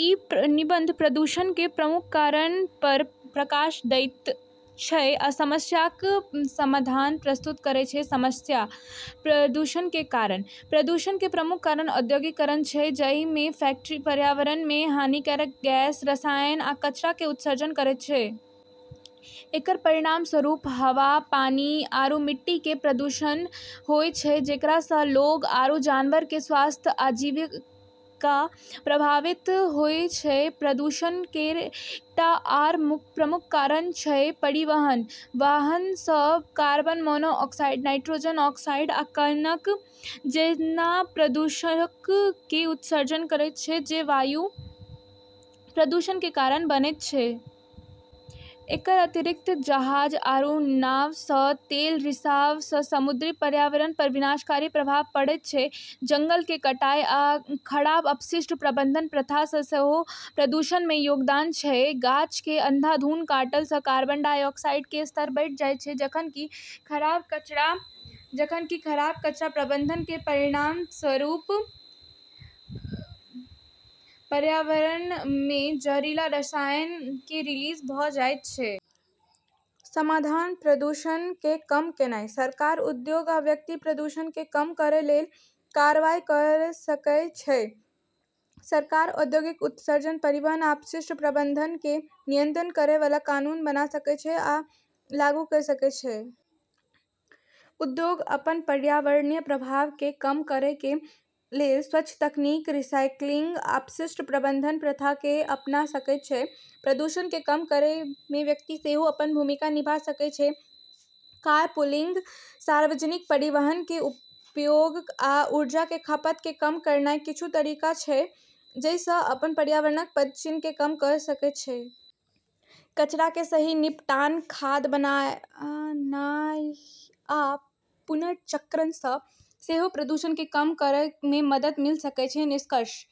ई निबंध प्रदूषण के प्रमुख कारण पर प्रकाश दैत छै आ समस्याक समाधान प्रस्तुत करै छै। समस्या: प्रदूषण के कारण:- प्रदूषण के प्रमुख कारण औद्योगीकरण छै, जहि में फैक्ट्री पर्यावरण में हानिकारक गैस, रसायन आ कचरा के उत्सर्जन करैत छै। एकर परिणामस्वरूप हवा, पानी आरू मिट्टी के प्रदूषण होय छै, जेकरा सँ लोग आरू जानवर के स्वास्थ्य आ आजीविका प्रभावित होय छै। प्रदूषण के एकटा आर प्रमुख कारण छै परिवहन। वाहन सँ कार्बन मोनोऑक्साइड, नाइट्रोजन ऑक्साइड, आ कणक जैना प्रदूषक के उत्सर्जन करैत छै, जे वायु प्रदूषण के कारण बनैत छै। एकर अतिरिक्त जहाज आरू नाव सँ तेल रिसाव सँ समुद्री पर्यावरण पर विनाशकारी प्रभाव पड़ै छै। जंगल के कटाई आ खराब अपशिष्ट प्रबंधन प्रथा के सेहो प्रदूषण में योगदान छै। गाछ के अंधाधुंध काटला सँ कार्बन डाइऑक्साइड के स्तर बढ़ैत छै, जखन कि खराब कचरा प्रबंधन के परिणामस्वरूप पर्यावरण में जहरीला रसायन के रिलीज भऽ जायत छै। समाधान: प्रदूषण के कम कयनाइ :- सरकार, उद्योग आ व्यक्ति प्रदूषण के कम करय के लेल कार्रवाई कयर सकय छै। सरकार औद्योगिक उत्सर्जन, परिवहन, आ अपशिष्ट प्रबंधन के नियंत्रित करय वाला कानून बना सकय छै आ लागू कयर सकय छै। उद्योग अपन पर्यावरणीय प्रभाव के कम करय के लेल स्वच्छ तकनीक, रीसाइक्लिंग आ अपशिष्ट प्रबंधन प्रथा के अपना सकैत छै। प्रदूषण के कम करय में व्यक्ति सेहो अपन भूमिका निभा सकय छै। कारपूलिंग, सार्वजनिक परिवहन के उपयोग, आ ऊर्जा के खपत के कम करनाय किछु तरीका छै जहि सँ ओ अपन पर्यावरणीय पदचिह्न के कम कयर सकय छै। कचरा के सही निपटान, खाद बनानाय, आ पुनर्चक्रण सँ सेहो प्रदूषण के कम करएय में मदद मिल सकय छै। निष्कर्ष:-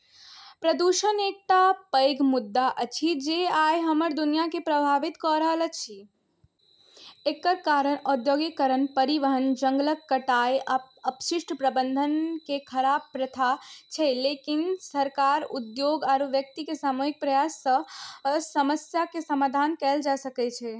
प्रदूषण एकटा पैघ मुद्दा अछि जे आइ हमर दुनिया केँ प्रभावित कऽ रहल अछि। एकर कारण औद्योगीकरण, परिवहन, जंगलक कटाई, आ अपशिष्ट प्रबंधन के खराब प्रथा छै। लेकिन सरकार, उद्योग, आरू व्यक्ति के सामूहिक प्रयास सँ समस्या के समाधान कएल जा सकै छै।